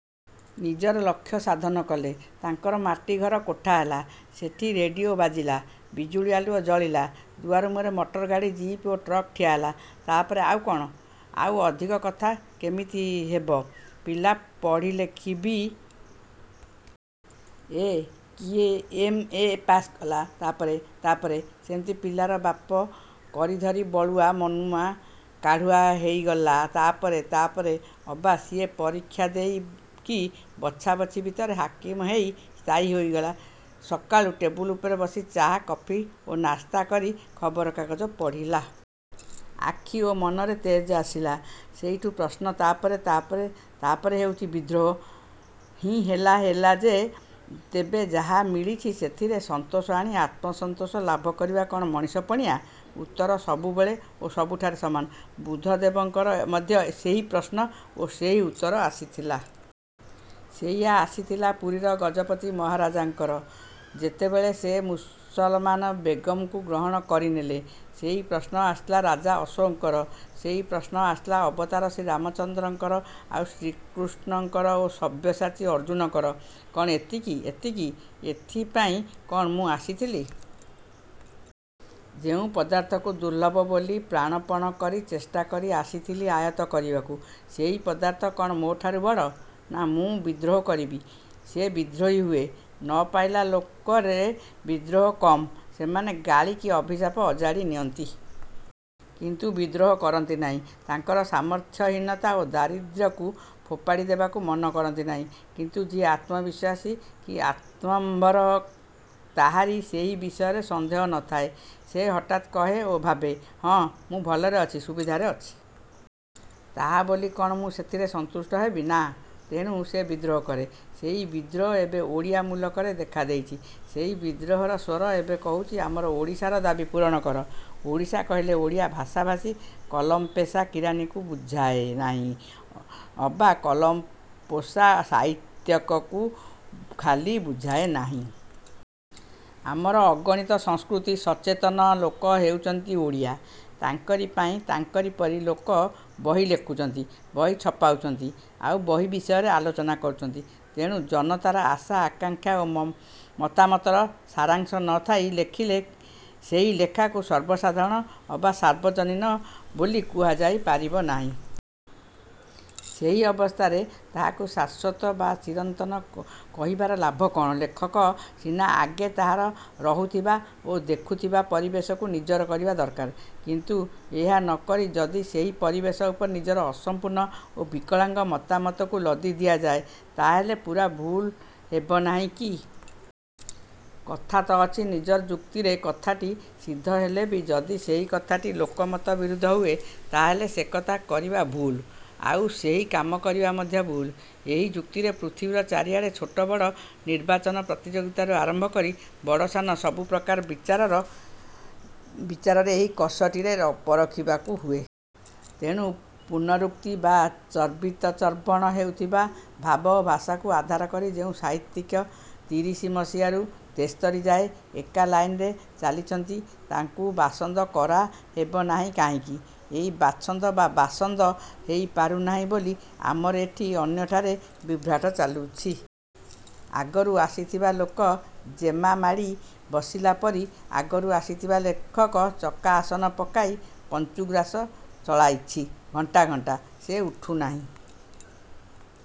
ନିଜର ଲକ୍ଷ୍ୟ ସାଧନ କଲେ। ତାଙ୍କର ମାଟିଘର କୋଠା ହେଲା। ସେଠି ରେଡ଼ିଓ ବାଜିଲା। ବିଜୁଳି ଆଲୁଅ ଜଳିଲା। ଦୁଆର ମୁହଁରେ ମଟରଗାଡ଼ି, ଜିପ୍ ଓ ଟ୍ରକ୍ ଠିଆ ହେଲା। ତା'ପରେ ଆଉ କ'ଣ? -ଆଉ ଅଧିକ କଥା କେମିତି ହେବ? ପିଲା ପଢ଼ିଲେଖି ବି. ଏ. କି ଏମ. ଏ. ପାସ୍ କଲା। ତା'ପରେ? -ତା'ପରେ? ସେମିତି ପିଲାର ବାପ କରିଧରି ବଳୁଆ, ମନୁଆ, କାଢୁଆ ହେଇଗଲା ତା'ପରେ? -ତା'ପରେ? ଅବା ସିଏ ପରୀକ୍ଷା ଦେଇ କି ବଛାବଛି ଭିତରେ ହାକିମ ହେଇ ସ୍ଥାୟୀ ହୋଇଗଲା। ସକାଳୁ ଟେବୁଲ ଉପରେ ବସି ଚା କଫି ଓ ନାସ୍ତା କରି ଖବର କାଗଜ ପଢ଼ିଲା। ଆଖି ଓ ମନରେ ତେଜ ଆସିଲା। ସେଇଠୁ ପ୍ରଶ୍ନ-ତା'ପରେ? -ତା'ପରେ? ତା'ପରେ ହେଉଛି ବିଦ୍ରୋହ। ହିଁ, ହେଲା ହେଲା ଯେ। ତେବେ ଯାହା ମିଳିଛି ସେଥିରେ ସନ୍ତୋଷ ଆଣି ଆତ୍ମସନ୍ତୋଷ ଲାଭ କରିବା କ'ଣ ମଣିଷ ପଣିଆ? ଉତ୍ତର ସବୁବେଳେ ଓ ସବୁଠାରେ ସମାନ। ବୁଦ୍ଧଦେବଙ୍କର ମଧ୍ୟ ସେହି ପ୍ରଶ୍ନ ଓ ସେହି ଉତ୍ତର ଆସିଥିଲା। ସେଇଆ ଆସିଥିଲା ପୁରୀର ଗଜପତି ମହାରାଜଙ୍କର-ଯେତେବେଳେ ସେ ମୁସଲମାନ ବେଗମକୁ ଗ୍ରହଣ କରିନେଲେ। ସେଇ ପ୍ରଶ୍ନ ଆସିଥିଲା ରାଜା ଆଶୋକଙ୍କର। ସେଇ ପ୍ରଶ୍ନ ଆସିଥିଲା ଅବତାର ଶ୍ରୀ ରାମଚନ୍ଦ୍ରଙ୍କର ଆଉ ଶ୍ରୀକୃଷ୍ଣଙ୍କର ଓ ସବ୍ୟସାଚୀ ଅର୍ଜ୍ଜୁନଙ୍କର। କ'ଣ ଏତିକି? -ଏତିକି? ଏଥିପାଇଁ କ'ଣ ମୁଁ ଆସିଥିଲି। ଯେଉଁ ପଦାର୍ଥକୁ ଦୁର୍ଲଭ ବୋଲି ପ୍ରାଣପଣ କରି ଚେଷ୍ଟା କରି ଆସିଥିଲି ଆୟତ୍ତ କରିବାକୁ, ସେଇ ପଦାର୍ଥ କ'ଣ ମୋ'ଠାରୁ ବଡ଼? ନା, ମୁଁ ବିଦ୍ରୋହ କରିବି। ସେ ବିଦ୍ରୋହୀ ହୁଏ। ନ ପାଇଲା ଲୋକରେ ବିଦ୍ରୋହ କମ୍। ସେମାନେ ଗାଳି କି ଅଭିଶାପ ଅଜାଡ଼ି ନିଅନ୍ତି। କିନ୍ତୁ ବିଦ୍ରୋହ କରନ୍ତି ନାହିଁ। ତାଙ୍କର ସାମର୍ଥ୍ୟହୀନତା ଓ ଦାରିଦ୍ର୍ୟକୁ ଫୋପାଡ଼ି ଦେବାକୁ ମନ କରନ୍ତି ନାହିଁ। କିନ୍ତୁ ଯିଏ ଆତ୍ମବିଶ୍ୱାସୀ କି ଆତ୍ମମ୍ଭର ତାହାରି ସେହି ବିଷୟରେ ସନ୍ଦେହ ନ ଥାଏ। ସେ ହଠାତ୍ କହେ ଓ ଭାବେ। ହଁ। ମୁଁ ଭଲରେ ଅଛି-ସୁବିଧାରେ ଅଛି। ତାହା ବୋଲି କ'ଣ ମୁଁ ସେଥିରେ ସନ୍ତୁଷ୍ଟ ହେବି? ନା। ତେଣୁ ସେ ବିଦ୍ରୋହ କରେ। ସେଇ ବିଦ୍ରୋହ ଏବେ ଓଡ଼ିଆ ମୁଲକରେ ଦେଖା ଦେଇଛି। ସେଇ ବିଦ୍ରୋହର ସ୍ୱର ଏବେ କହୁଛି ଆମର ଓଡ଼ିଶାର ଦାବୀ ପୁରଣ କର। ଓଡ଼ିଶା କହିଲେ ଓଡ଼ିଆ ଭାଷାଭାଷୀ କଲମପେଶା କିରାଣିକୁ ବୁଝାଏ ନାହିଁ ଅବା କଲମପୋଷା ସାହିତ୍ୟକକୁ ଖାଲି ବୁଝାଏ ନାହିଁ। ଆମର ଅଗଣିତ ସଂସ୍କୃତି-ସଚେତନ ଲୋକ ହେଉଛନ୍ତି ଓଡ଼ିଆ। ତାଙ୍କରି ପାଇଁ ତାଙ୍କରି ପରି ଲୋକ ବହି ଲେଖୁଛନ୍ତି। ବହି ଛପାଉଛନ୍ତି। ଆଉ ବହି ବିଷୟରେ ଆଲୋଚନା କରୁଛନ୍ତି। ତେଣୁ ଜନତାର ଆଶା ଆକାଙ୍କ୍ଷା ଓ ମତାମତର ସାରାଂଶ ନ ଥାଇ ଲେଖିଲେ ସେହି ଲେଖାକୁ ସର୍ବସାଧରଣ ଅବା ସାର୍ବଜନୀନ ବୋଲି କୁହାଯାଇ ପାରିବ ନାହିଁ। ସେହି ଅବସ୍ଥାରେ ତାହାକୁ ଶାଶ୍ୱତ ବା ଚିରନ୍ତନ କହିବାର ଲାଭ କ'ଣ? ଲେଖକ। ସିନା ଆଗେ ତାହାର ରହୁଥିବା ଓ ଦେଖୁଥିବା ପରିବେଶକୁ ନିଜର କରିବା ଦରକାର। କିନ୍ତୁ ଏହା ନ କରି ଯଦି ସେହି ପରିବେଶ ଉପରେ ନିଜର ଅସମ୍ପୂର୍ଣ୍ଣ ଓ ବିକଳାଙ୍ଗ ମତାମତକୁ ଲଦି ଦିଆଯାଏ ତାହାହେଲେ ପୂରା ଭୁଲ୍ ହେବ ନାହିଁ କି? କଥା ତ ଅଛି-ନିଜର ଯୁକ୍ତିରେ କଥାଟି ସିଦ୍ଧ ହେଲେ ବି ଯଦି ସେହି କଥାଟି ଲୋକମତ ବିରୁଦ୍ଧ ହୁଏ ତାହାହେଲେ ସେ କଥା କରିବା ଭୁଲ୍। ଆଉ ସେହି କାମ କରିବା ମଧ୍ୟ ଭୁଲ୍। ଏହି ଯୁକ୍ତିରେ ପୃଥିବୀର ଚାରିଆଡ଼େ ଛୋଟ ବଡ଼ ନିର୍ବାଚନ ପ୍ରତିଯୋଗିତାରୁ ଆରମ୍ଭ କରି ବଡ଼ସାନ ସବୁ ପ୍ରକାରର ବିଚାରରେ ଏହି କଷଟିରେ ପରଖିବାକୁ ହୁଏ। ତେଣୁ ପୁନରୁକ୍ତି ବା ଚର୍ବିତଚର୍ବଣ ହେଉଥିବା ଭାବ ଓ ଭାଷାକୁ ଆଧାର କରି ଯେଉଁ ସାହିତ୍ୟିକ ତିରିଶି ମସିହାରୁ ତେସ୍ତରି ଯାଏ ଏକା ଲାଇନରେ ଚାଲିଛନ୍ତି ତାଙ୍କୁ ବାସନ୍ଦ କରାହେବ ନାହିଁ କାହିଁକି? ଏହି ବାଛନ୍ଦ ବା ବାସନ୍ଦ ହେଇ ପାରୁନାହିଁ ବୋଲି ଆମର ଏଠି ଓ ଅନ୍ୟଠାରେ ବିଭ୍ରାଟ ଚାଲୁଛି। ଆଗରୁ ଆସିଥିବା ଲୋକ ଜେଗା ମାଡ଼ି ବସିଲା ପରି ଆଗରୁ ଆସିଥିବା ଲେଖକ ଚକା ଆସନ ପକାଇ ପଞ୍ଚୁଗ୍ରାସ ଚଳାଇଛି-ଘଣ୍ଟା ଘଣ୍ଟା। ସେ ଉଠୁ ନାହିଁ।